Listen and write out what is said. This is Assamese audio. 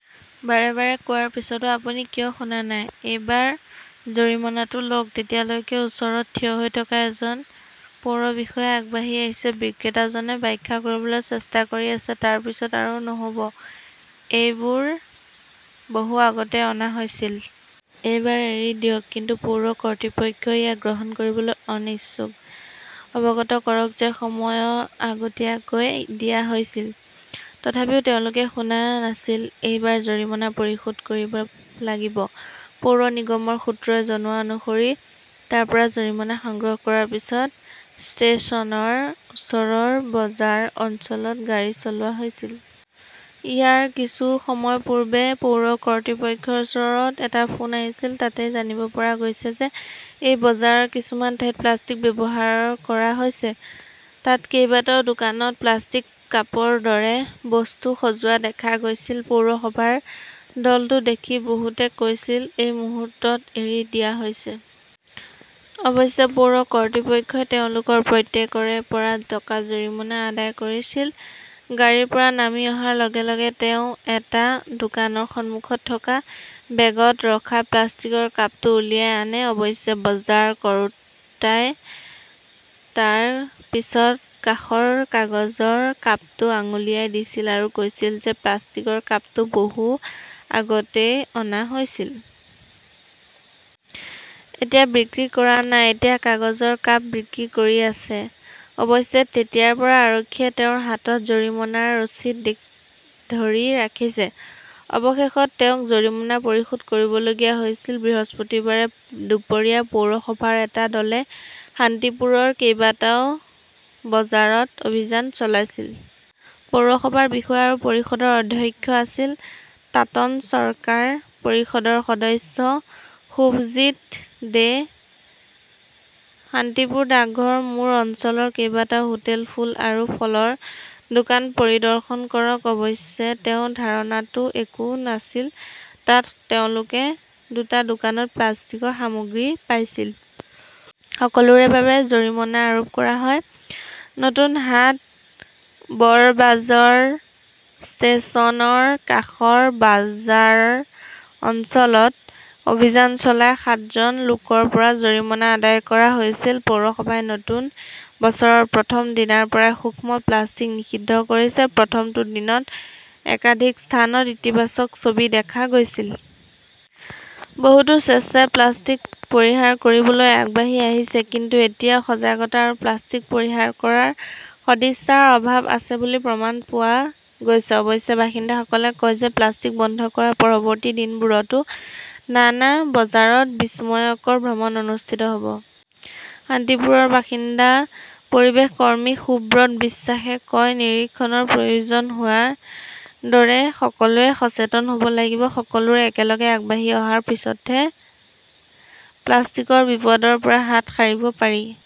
বাৰে বাৰে কোৱাৰ পিছতো আপুনি কিয় শুনা নাই? এইবাৰ জৰিমনাটো লওক। তেতিয়ালৈকে ওচৰত থিয় হৈ থকা এজন পৌৰ বিষয়া আগবাঢ়ি আহিছে। বিক্ৰেতাজনে ব্যাখ্যা কৰিবলৈ চেষ্টা কৰি আছে, তাৰ পিছত আৰু নহ 'ব। এইবোৰ বহু আগতেই অনা হৈছিল। এইবাৰ এৰি দিয়ক। কিন্তু পৌৰ কৰ্তৃপক্ষই ইয়াক গ্ৰহণ কৰিবলৈ অনিচ্ছুক। অৱগত কৰক যে সময় আগতীয়াকৈ দিয়া হৈছিল। তথাপিও তেওঁলোকে শুনা নাছিল। এইবাৰ জৰিমনা পৰিশোধ কৰিব লাগিব। পৌৰ নিগমৰ সূত্ৰই জনোৱা অনুসৰি তাৰ পৰা জৰিমনা সংগ্ৰহ কৰাৰ পিছত ষ্টেচনৰ ওচৰৰ বজাৰ অঞ্চলত গাড়ী চলোৱা হৈছিল। ইয়াৰ কিছু সময় পূৰ্বে পৌৰ কৰ্তৃপক্ষৰ ওচৰত এটা ফোন আহিছিল, তাতেই জানিব পৰা গৈছিল যে এই বজাৰৰ কিছুমান ঠাইত প্লাষ্টিক ব্যৱহাৰ কৰা হৈছে। তাত কেইবাটাও দোকানত প্লাষ্টিকৰ কাপৰ দৰে বস্তু সজোৱা দেখা গৈছিল। পৌৰসভাৰ দলটো দেখি বহুতে কৈছিল, এই মুহূৰ্তত এৰি দিয়া হৈছে। অৱশ্যে পৌৰ কৰ্তৃপক্ষই তেওঁলোকৰ প্ৰত্যেকৰে পৰা টকা জৰিমনা আদায় কৰিছিল। গাড়ীৰ পৰা নামি অহাৰ লগে -লগে তেওঁ এটা দোকানৰ সন্মুখত থকা বেগত ৰখা প্লাষ্টিকৰ কাপটো উলিয়াই আনে। অৱশ্যে বজাৰ কৰোঁতাই তাৰ পিছত কাষৰ কাগজৰ কাপটো আঙুলিয়াই দিছিল, আৰু কৈছিল যে প্লাষ্টিকৰ কাপটো বহু আগতেই অনা হৈছিল। এতিয়া বিক্ৰী কৰা নাই। এতিয়া কাগজৰ কাপ বিক্ৰী কৰি আছে। অৱশ্যে তেতিয়াৰ পৰা আৰক্ষীয়ে তেওঁৰ হাতত জৰিমনাৰ ৰচিদ ধৰি ৰাখিছে। অৱশেষত তেওঁক জৰিমনা পৰিশোধ কৰিবলগীয়া হৈছিল। বৃহস্পতিবাৰে দুপৰীয়া পৌৰসভাৰ এটা দলে শান্তিপুৰৰ কেইবাটাও বজাৰত অভিযান চলাইছিল। পৌৰসভাৰ বিষয়া আৰু পৰিষদৰ অধ্যক্ষ আছিল তাতান চৰকাৰ। পৰিষদৰ সদস্য শুভজিৎ দে। শান্তিপুৰ ডাকঘৰ মোৰ অঞ্চলৰ কেইবাটাও হোটেল, ফুল আৰু ফলৰ দোকান পৰিদৰ্শন কৰক। অৱশ্যে তেওঁৰ ধাৰণাটোত একো নাছিল। তাত তেওঁলোকে দুটা দোকানত প্লাষ্টিকৰ সামগ্ৰী পাইছিল। সকলোৰে বাবে জৰিমনা আৰোপ কৰা হয়। নতুন হাট, বৰবাজাৰ ,ষ্টেচনৰ কাষৰ বজাৰ অঞ্চলত অভিযান চলাই সাতজন লোকৰ পৰা জৰিমনা আদায় কৰা হৈছিল। পৌৰসভাই নতুন বছৰৰ প্ৰথম দিনৰ পৰাই সূক্ষ্ম প্লাষ্টিক নিষিদ্ধ কৰিছে। প্ৰথম দিনটোত একাধিক স্থানত ইতিবাচক ছবি দেখা গৈছিল। বহুটো স্বেচ্ছাই প্লাষ্টিক পৰিহাৰ কৰিবলৈ আগবাঢ়ি আহিছে, কিন্তু এতিয়াও সজাগতা আৰু প্লাষ্টিক পৰিহাৰ কৰাৰ সদিচ্ছাৰ অভাৱ আছে বুলি প্ৰমাণ পোৱা গৈছে। অৱশ্যে বাসিন্দাসকলে কয় যে প্লাষ্টিক বন্ধ কৰাৰ পৰৱৰ্তী দিনবোৰতো নানা বজাৰত বিস্ময়কৰ ভ্ৰমণ অনুষ্ঠিত হ'ব। শান্তিপুৰৰ বাসিন্দা পৰিৱেশ কৰ্মী সুব্ৰত বিশ্বাসে কয়, নিৰীক্ষণৰ প্ৰয়োজন হোৱাৰ দৰে সকলোৱে সচেতন হ'ব লাগিব। সকলোৱে একেলগে আগবাঢ়ি অহাৰ পিছতহে প্লাষ্টিকৰ বিপদৰ পৰা হাত সাৰিব পাৰি